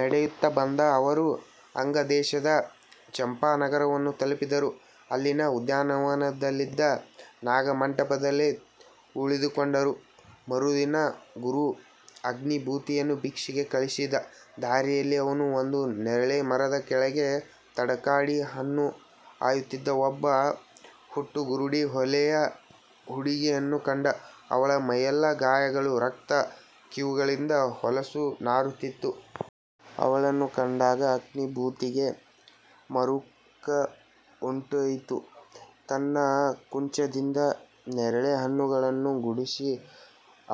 ನಡೆಯುತ್ತ ಬಂದ ಅವರು ಅಂಗದೇಶದ ಚಂಪಾನಗರವನ್ನು ತಲುಪಿದರು. ಅಲ್ಲಿನ ಉದ್ಯಾನವನದಲ್ಲಿದ್ದ ನಾಗಮಂಟಪದಲ್ಲಿ ಉಳಿದುಕೊಂಡರು. ಮರುದಿನ ಗುರು ಅಗ್ನಿಭೂತಿಯನ್ನು ಭಿಕ್ಷೆಗೆ ಕಳಿಸಿದ. ದಾರಿಯಲ್ಲಿ ಅವನು ಒಂದು ನೇರಳೆ ಮರದ ಕೆಳಗೆ ತಡಕಾಡಿ ಹಣ್ಣು ಆಯುತ್ತಿದ್ದ ಒಬ್ಬ ಹುಟ್ಟುಗುರುಡಿ ಹೊಲೆಯ ಹುಡುಗಿಯನ್ನು ಕಂಡ, ಅವಳ ಮೈಯೆಲ್ಲ ಗಾಯಗಳು ರಕ್ತ ಕೀವುಗಳಿಂದ ಹೊಲಸು ನಾರುತ್ತಿತ್ತು. ಅವಳನ್ನು ಕಂಡಾಗ ಅಗ್ನಿಭೂತಿಗೆ ಮರುಕವುಂಟಯಿತು, ತನ್ನ ಕುಂಚದಿಂದ ನೇರಿಳೆ ಹಣ್ಣುಗಳನ್ನು ಗುಡಿಸಿ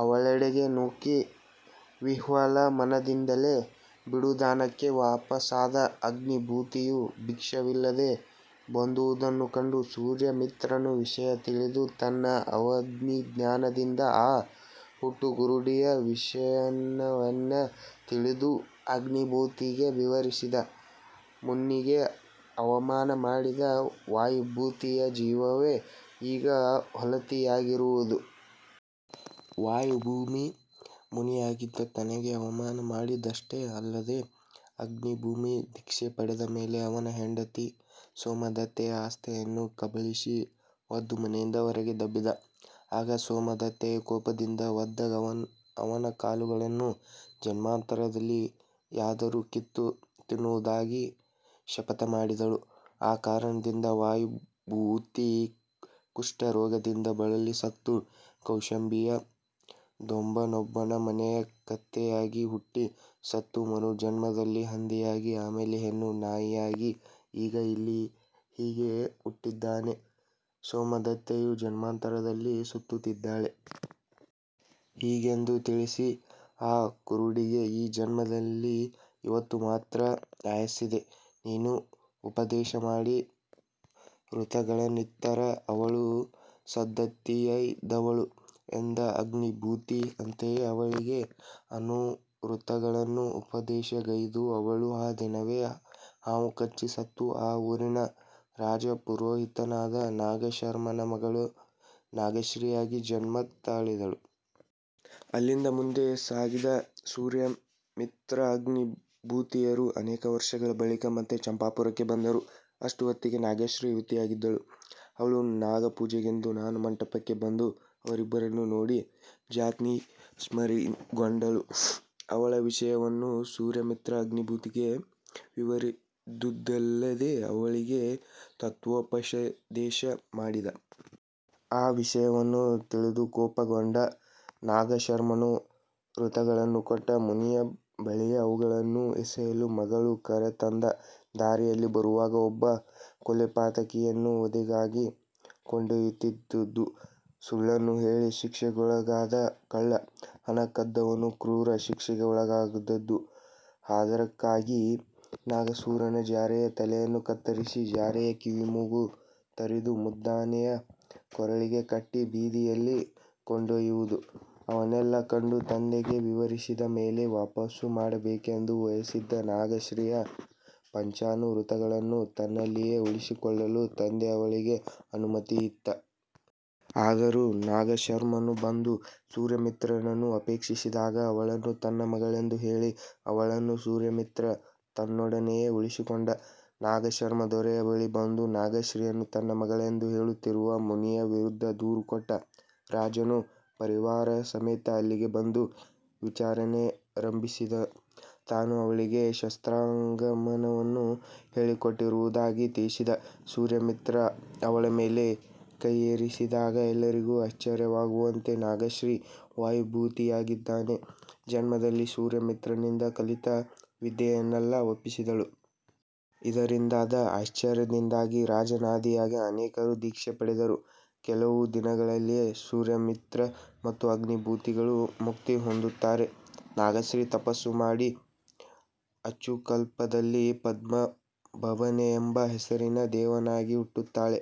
ಅವಳೆಡೆಗೆ ನೂಕಿ ವಿಹ್ವಲಮನದಿಂದಲೇ ಬೀಡುದಾಣಕ್ಕೆ ವಾಪಸಾದ. ಅಗ್ನಿಭೂತಿಯು ಭಿಕ್ಷವಿಲ್ಲದೆ ಬಂದುದನ್ನು ಕಂಡು ಸೂರ್ಯಮಿತ್ರನು ವಿಷಯ ತಿಳಿದು ತನ್ನ ಅವಧಿಜ್ಞಾನದಿಂದ ಆ ಹುಟ್ಟುಗುರುಡಿಯ ವಿಷಯವನ್ನೆಲ್ಲ ತಿಳಿದು ಅಗ್ನಿಭೂತಿಗೆ ವಿವರಿಸದ; ಮುನಿಗೆ ಅವಮಾನ ಮಾಡಿದ ವಾಯುಭೂತಿಯ ಜೀವವೇ ಈಗ ಹೊಲತಿಯಾಗಿರುವುದು. ವಾಯುಭೂತಿ ಮುನಿಯಾಗಿದ್ದ ತನಗೆ ಅವಮಾನ ಮಾಡಿದುದಷ್ಟೇ ಅಲ್ಲದೆ, ಅಗ್ನಿಭೂತಿ ದೀಕ್ಷೆ ಪಡೆದ ಮೇಲೆ ಅವನ ಹೆಂಡತಿ ಸೋಮದತ್ತೆಯ ಅಸ್ತಿಯನ್ನು ಕಬಳಿಸಿ ಒದ್ದು ಮನೆಯಿಂದ ಹೊರಗೆ ದಬ್ಬಿದ. ಆಗ ಸೋಮದತ್ತೆಯು ಕೋಪದಿಂದ ಒದ್ದ ಅವನ ಕಾಲುಗಳನ್ನು ಜನ್ಮಾಂತರದಲ್ಲಿಯಾದರೂ ಕಿತ್ತು ತಿನ್ನುವುದಾಗಿ ಶಪಥಮಾಡಿದಳು. ಆ ಕಾರಣದಿಂದ ವಾಯುಭೂತಿ ಕುಷ್ಠ ರೋಗದಿಂದ ಬಳಲಿ ಸತ್ತು, ಕೌಶಂಬಿಯ ದೊಂಬನೊಬ್ಬನ ಮನೆಯ ಕತ್ತೆಯಾಗಿ ಹುಟ್ಟಿ ಸತ್ತು, ಮರುಜನ್ಮದಲ್ಲಿ ಹಂದಿಯಾಗಿ, ಆಮೇಲೆ ಹೆಣ್ಣು ನಾಯಿಯಾಗಿ, ಈಗ ಇಲ್ಲಿ ಹೀಗೆ ಉಟ್ಟಿದ್ದಾನೆ; ಸೋಮದತ್ತೆಯೂ ಜನ್ಮಾಂತರದಲ್ಲಿ ಸುತ್ತುತ್ತಿದ್ದಾಳೆ. ಹೀಗೆಂದು ತಿಳಿಸಿ "ಆ ಕುರುಡಿಗೆ ಈ ಜನ್ಮದಲ್ಲಿ ಇವತ್ತು ಮಾತ್ರ ಆಯುಸ್ಸಿದೆ. ನೀನು ಉಪದೇಶಮಾಡಿ ವ್ರತಗಳನ್ನಿತ್ತರೆ ಅವಳು ಸದ್ಗತಿಯೈದವಳು" ಎಂದ. ಅಗ್ನಿಭೂತಿ ಅಂತೆಯೇ ಅವಳಿಗೆ ಅಣುವ್ರತಗಳನ್ನು ಉಪದೇಶಗೈದು. ಅವಳು ಆ ದಿನವೇ ಹಾವು ಕಚ್ಚಿ ಸತ್ತು, ಆ ಊರಿನ ರಾಜಪುರೋಹಿತನಾದ ನಾಗಶರ್ಮನ ಮಗಳು ನಾಗಶ್ರೀಯಾಗಿ ಜನ್ಮ ತಳೆದಳು. ಅಲ್ಲಿಂದ ಮುಂದೆ ಸಾಗಿದ ಸೂರ್ಯಮಿತ್ರ – ಅಗ್ನಿಭೂತಿಯರು ಅನೇಕ ವರ್ಷಗಳ ಬಳಿಕ ಮತ್ತೆ ಚಂಪಾಪುರಕ್ಕೆ ಬಂದರು. ಅಷ್ಟು ಹೊತಿಗೆ ನಾಗಶ್ರೀ ಯುವತಿಯಾಗಿದ್ದಳು. ಅವಳು ನಾಗ ಪೂಜೆಗೆಂದು ನಾಗ ಮಂಟಪಕ್ಕೆ ಬಂದು ಇವರಿಬ್ಬರನ್ನೂ ನೋಡಿ ಜಾತಿಸ್ಮರಣೆಗೊಂಡಳು. ಅವಳ ವಿಷಯವನ್ನು ಸೂರ್ಯಮಿತ್ರ ಆಗ್ನಿಭೂತಿಗೆ ವಿವರಿದುದಲ್ಲದೆ, ಅವಳಿಗೆ ತತ್ವೋಪದದೇಶ ಮಾಡಿದ. ಆ ವಿಷಯವನ್ನು ತಿಳಿದು ಕೋಪಗೊಂಡ ನಾಗಶರ್ಮನು ವ್ರತಗಳನ್ನು ಕೊಟ್ಟ ಮುನಿಯ ಬಳಿಯೇ ಅವುಗಳನ್ನು ಎಸೆಯಲು ಮಗಳನ್ನು ಕರೆತಂದ. ದಾರಿಯಲ್ಲಿ ಬರುವಾಗ ಒಬ್ಬ ಕೊಲೆಪಾತಕಿಯನ್ನು ವಧೆಗಾಗಿ ಕೊಂಡೆಯ್ಯುತ್ತಿದ್ದುದು, ಸುಳ್ಳನ್ನು ಹೇಳಿ ಶಿಕ್ಷೆಗೊಳಗಾದ ಕಳ್ಳ, ಹಣ ಕದ್ದವನು ಕ್ರೂರ ಶಿಕ್ಷೆಗೆ ಒಳಗಾದದ್ದು, ಹಾದರಕ್ಕಾಗಿ ನಾಗಸೂರನ ಜಾರೆಯ ತಲೆಯನ್ನು ಕತ್ತರಿಸಿ ಜಾರೆಯ ಕಿವಿಮೂಗು ತರಿದು ಮದ್ದಾನೆಯ ಕೊರಳಿಗೆ ಕಟ್ಟಿ ಬೀದಿಯಲ್ಲಿ ಕೊಂಡೊಯ್ಯುವುದು – ಇವನ್ನೆಲ್ಲ ಕಂಡು ತಂದೆಗೆ ವಿವರಿಸಿದ ಮೇಲೆ ವಾಪಸು ಮಾಡಬೇಕೆಂದು ಬಯಸಿದ್ದ ನಾಗಶ್ರೀಯ ಪಂಚಾಣುವ್ರತಗಳನ್ನು ತನ್ನಲ್ಲಿಯೇ ಉಳಿಸಿಕೊಳ್ಳಲು ತಂದೆ ಅವಳಿಗೆ ಅನುಮತಿಯಿತ್ತ. ಆದರೂ ನಾಗಶರ್ಮನು ಬಂದು ಸೂರ್ಯಮಿತ್ರನನ್ನು ಅಕ್ಷೇಪಿಸಿದಾಗ ಅವಳನ್ನು ತನ್ನ ಮಗಳೆಂದು ಹೇಳಿ ಅವಳನ್ನು ಸೂರ್ಯಮಿತ್ರ ತನ್ನೊಡನೆಯೇ ಉಳಿಸಿಕೊಂಡ. ನಾಗಶರ್ಮ ದೊರೆಯ ಬಳಿ ಬಂದು ನಾಗಶ್ರೀಯನ್ನು ತನ್ನ ಮಗಳೆಂದು ಹೇಳುತ್ತಿರುವ ಮುನಿಯ ವಿರುದ್ಧ ದೂರು ಕೊಟ್ಟ. ರಾಜನು ಪರಿವಾರಸಮೇತ ಅಲ್ಲಿಗೆ ಬಂದು ವಿಚಾರಣೆಯಾರಂಬಿಸಿದ. ತಾನು ಅವಳಿಗೆ ಶಾಸ್ತ್ರಾಗಮಗಳನ್ನು ಹೇಳಿಕೊಟ್ಟಿರುವುದಾಗಿ ತಿಳಿಸಿದ ಸೂರ್ಯಮಿತ್ರ ಅವಳ ಮೇಲೆ ಕೈಯಿರಿಸಿದಾಗ, ಎಲ್ಲರಿಗೂ ಅಚ್ಚರಿಯಾಗುವಂತೆ, ನಾಗಶ್ರೀ ವಾಯುಭೂತಿಯಾಗಿದ್ದಾಗಿನ ಜನ್ಮದಲ್ಲಿ ಸೂರ್ಯಮಿತ್ರನಿಂದ ಕಲಿತ ವಿದ್ಯೆಯನ್ನೆಲ್ಲ ಒಪ್ಪಿಸಿದಳು. ಇದರಿಂದಾದ ಆಶ್ಚರ್ಯದಿಂದಾಗಿ ರಾಜನಾದಿಯಾಗಿ ಅನೇಕರು ದೀಕ್ಷೆ ಪಡೆದರು. ಕೆಲವು ದಿನಗಳಲ್ಲಿಯೇ ಸೂರ್ಯಮಿತ್ರ ಮತ್ತು ಅಗ್ನಿಬೂತಿಗಳು ಮುಕ್ತಿ ಹೊಂದುತ್ತಾರೆ. ನಾಗಶ್ರೀ ತಪಸ್ಸು ಮಾಡಿ ಅಚ್ಯುತಕಲ್ಪದಲ್ಲಿ ಪದ್ಮಪ್ರಭನೆಂಬ ಹೆಸರಿನ ದೇವನಾಗಿ ಹುಟ್ಟುತ್ತಾಳೆ.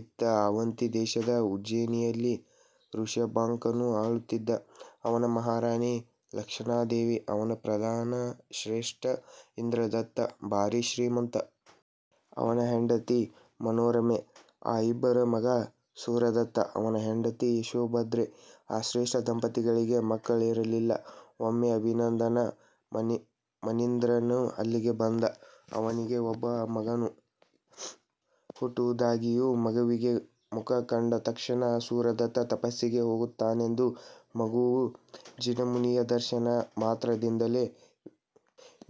ಇತ್ತ, ಆವಂತಿ ದೇಶದ ಉಜ್ಜೇನಿಯಲ್ಲಿ ವೃಷಭಾಂಕನು ಆಳುತ್ತಿದ್ದ; ಅವನ ಮಹಾರಾಣಿ ಲಕ್ಷಣಾದೇವಿ. ಅವನ ಪ್ರಧಾನ ಶ್ರೇಷ್ಠಿ ಇಂದ್ರದತ್ತ, ಭಾರಿ ಶ್ರೀಮಂತ. ಅವನ ಹೆಂಡತಿ ಮನೋರಮೆ. ಆ ಇಬ್ಬರ ಮಗ ಸೂರದತ್ತ; ಅವನ ಹೆಂಡತಿ ಯಶೋಭದ್ರೆ. ಆ ಶ್ರೇಷ್ಠಿ ದಂಪತಿಗಳಿಗೆ ಮಕ್ಕಳಿರಲಿಲ್ಲ. ಒಮ್ಮೆ ಅಭಿನಂದನ ಮುಣೀಂದ್ರನು ಅಲ್ಲಿಗೆ ಬಂದ ಅವರಿಗೆ ಒಬ್ಬ ಮಗನು ಹುಟ್ಟುವುದಾಗಿಯೂ, ಮಗುವಿನ ಮುಖ ಕಂಡ ತಕ್ಷಣ ಸೂರದತ್ತ ತಪಸ್ಸಿಗೆ ಹೋಗುತ್ತಾನೆಂದೂ, ಮಗುವೂ ಜಿನಮುನಿಯ ದರ್ಶನ ಮಾತ್ರದಿಂದಲೇ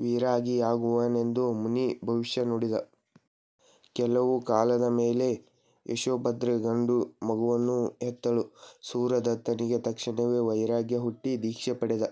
ವಿರಾಗಿಯಾಗುವನೆಂದೂ ಮುನಿ ಭವಿಷ್ಯ ನುಡಿದ. ಕೆಲವು ಕಾಲದ ಮೇಲೆ ಯಶೋಭದ್ರೆ ಗಂಡು ಮಗುವನ್ನು ಹೆತ್ತಳು; ಸೂರದತ್ತನಿಗೆ ತಕ್ಷಣವೇ ವೈರಾಗ್ಯ ಹುಟ್ಟಿ ದೀಕ್ಷೆ ಪಡೆದ.